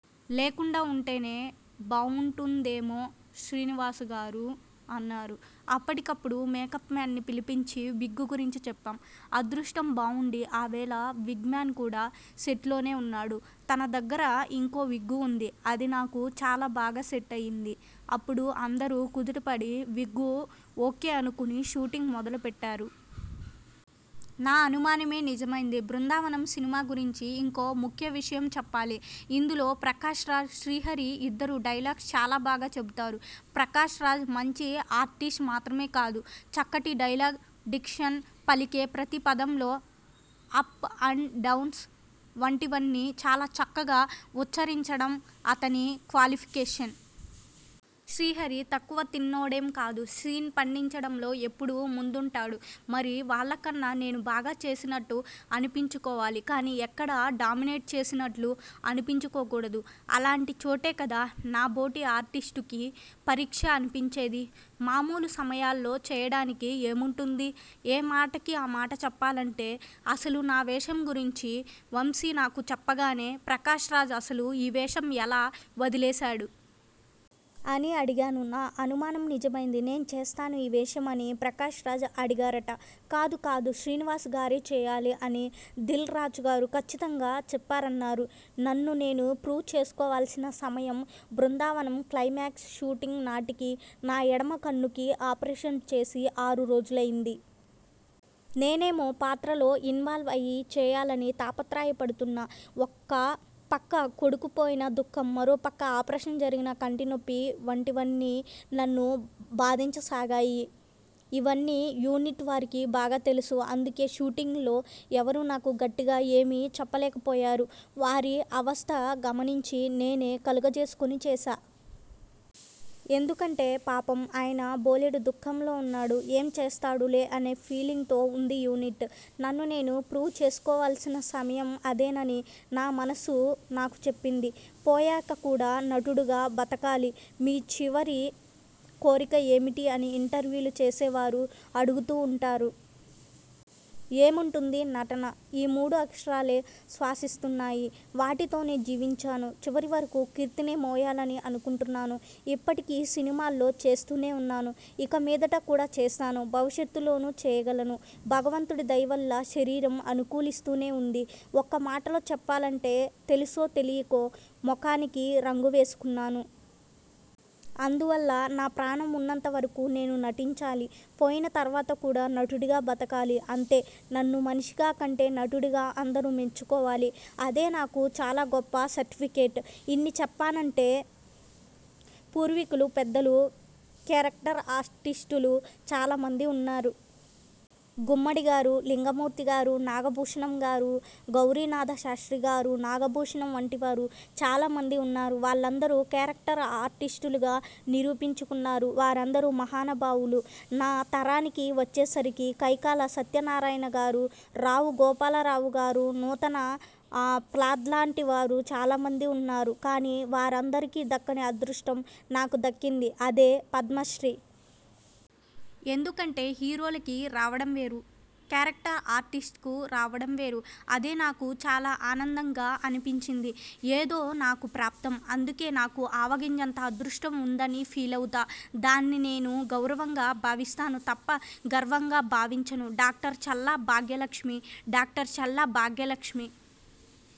లేకుండా ఉంటేనే బావుంటుందేమో శ్రీనివాసరావుగారూ' అన్నారు. అప్పటికప్పుడు మేకప్ మేన్ ని పిలిపించి విగ్గు గురించి చెప్పాం. అదృష్టం బావుండి ఆ వేళ విగ్గుమ్యాన్ కూడా సెట్లోనే ఉన్నాడు. తన దగ్గర ఇంకో విగ్గు ఉంది. అది నాకు చాలా బాగా సెట్ అయింది. అప్పుడు అందరూ కుదుటపడి విగ్గు ఓకే అనుకుని షూటింగ్ మొదలుపెట్టారు. నా అనుమానమే నిజమైంది బృందావనం సినిమా గురించి ఇంకో ముఖ్య విషయం చెప్పాలి. ఇందులో ప్రకాశరాజ్, శ్రీహరి ఇద్దరూ డైలాగ్స్ చాలా బాగా చెబుతారు. ప్రకాశరాజ్ మంచి ఆర్టిస్ట్ మాత్రమే కాదు. చక్కటి డైలాగ్ డిక్షన్, పలికే ప్రతి పదంలో అప్ అండ్ డౌన్స్ వంటివన్నీ చాలా చక్కగా ఉచ్ఛరించడం అతని క్వాలిఫికేషన్స్. శ్రీహరి తక్కువ తిన్నోడేం కాదు. సీన్ పండించడంలో ఎప్పుడూ ముందుంటాడు. మరి వాళ్ళకన్నా నేను బాగా చేసినట్టు అనిపించుకోవాలి, కానీ ఎక్కడా డామినేట్ చేసినట్టు అనిపించుకోకూడదు. అలాంటి చోటే కదా నాబోటి ఆర్టిస్టుకి పరీక్ష అనిపించేది. మామూలు సమయాల్లో చేయడానికి ఏముంటుంది? ఏమాటకి ఆమాట చెప్పాలంటే అసలు నా వేషం గురించి వంశీ నాకు చెప్పగానే 'ప్రకాశరాజ్ అసలు ఈ వేషం ఎలా వదిలేశాడు? ' అని అడిగాను. నా అనుమానం నిజమైంది. 'నేను చేస్తాను ఈ వేషం' అని ప్రకాశ్రాజ్ అడిగారట. 'కాదు, కాదు, శ్రీనివాసరావుగారే చేయాలి' అని దిల్ రాజుగారు కచ్చితంగా చెప్పారన్నారు. నన్ను నేను ప్రూవ్ చేసుకోవాల్సిన సమయం బృందావనం క్లైమాక్స్ షూటింగ్ నాటికి నా ఎడమ కన్నుకి ఆపరేషన్ చేసి ఆరు రోజులైంది. నేనేమో పాత్రలో ఇన్వాల్వ్ అయి చేయాలని తాపత్రయపడుతున్నా. ఒక పక్క కొడుకు పోయిన దుఃఖం, మరోపక్క ఆపరేషన జరిగిన కంటినొప్పి వంటివన్నీ నన్ను బాధించసాగాయి. ఇవన్నీ యూనిట్ వారికి బాగా తెలుసు. అందుకే షూటింగ్లో ఎవరూ నాకు గట్టిగా ఏమీ చెప్పలేకపోయారు. వారి అవస్త గమనించి నేనే కలగజేసుకుని చేశా. ఎందుకంటే, 'పాపం ఆయన బోలెడు దుఃఖంలో ఉన్నాడు. ఏం చేస్తాడులే' అనే ఫీలింగ్ తో ఉంది యూనిట్. నన్ను నేను ప్రూవ్ చేసుకోవాల్సిన సమయం అదేనని నా మనసు నాకు చెప్పింది. పోయాక కూడా నటుడుగా బతకాలి'మీచివరి కోరిక ఏమిటి' అని ఇంటర్వ్యూలు చేసేవారు అడుగుతూ ఉంటారు. ఏముంటుంది? నటన. ఈ మూడు అక్షరాలే శ్వాసిస్తున్నాను. వాటితోనే జీవించాను. చివరి వరకు కీర్తినే మోయాలని అనుకుంటున్నాను. ఇప్పటికీ సినిమాల్లో చేస్తూనే ఉన్నాను. ఇక మీదట కూడా చేస్తాను. భవిష్యత్తులోనూ చేయగలను. భగవంతుడి దయవల్ల శరీరం అనుకూలిస్తూనే ఉంది. ఒక్క మాటలో చెప్పాలంటే, 'తెలిసో తెలియకో మొఖానికి రంగు వేసుకున్నాను. అందువల్ల నా ప్రాణం ఉన్నంత వరకు నేను నటించాలి. పోయిన తర్వాత కూడా నటుడిగా బతకాలి, అంతే. నన్ను మనిషిగా కంటే నటుడిగా అందరూ మెచ్చుకోవాలి. అదే నాకు చాలా గొప్ప సర్టిఫికెట్ '. ఇన్ని చెప్పానంటే పూర్వీకులు పెద్దలు, కేరక్టర్ ఆర్టిస్టులు చాలా మంది ఉన్నారు. గుమ్మడిగారు, లింగమూర్తిగారు. నాగభూషణంగారు, గౌరినాథశాస్త్రిగారు, నాగభూషణం వంటివారు చాలా మంది ఉన్నారు. వాళ్ళందరూ కేరక్టర్ ఆర్టిస్టులుగా నిరూపించుకున్నారు. వారందరూ మహానుభావులు. నా తరానికి వచ్చేసరికి కైకాల సత్యనారాయణగారు, రావు గోపాలరావుగారు, నూతనప్రాద్లాంటివారు చాలా మంది ఉన్నారు. కానీ వారందరికీ దక్కని అదృష్టం నాకు దక్కింది. అదే పద్మశ్రీ. ఎందుకంటే హీరోలకి రావడం వేరు, కేరక్టర్ ఆర్టిస్ట్కి రావడంవేరు. అదే నాకు చాలా ఆనందంగా అనిపించింది. ఏదో నాకు ప్రాప్తం. అందుకే నాకు ఆవగింజంత అదృష్టం ఉందని ఫీలవుతా. దాన్ని నేను గౌరవంగా భావిస్తాను తప్ప, గర్వంగా భావించను. Doctor Challa Bhagyalakshmi doctor Challa Bhagyalakshmi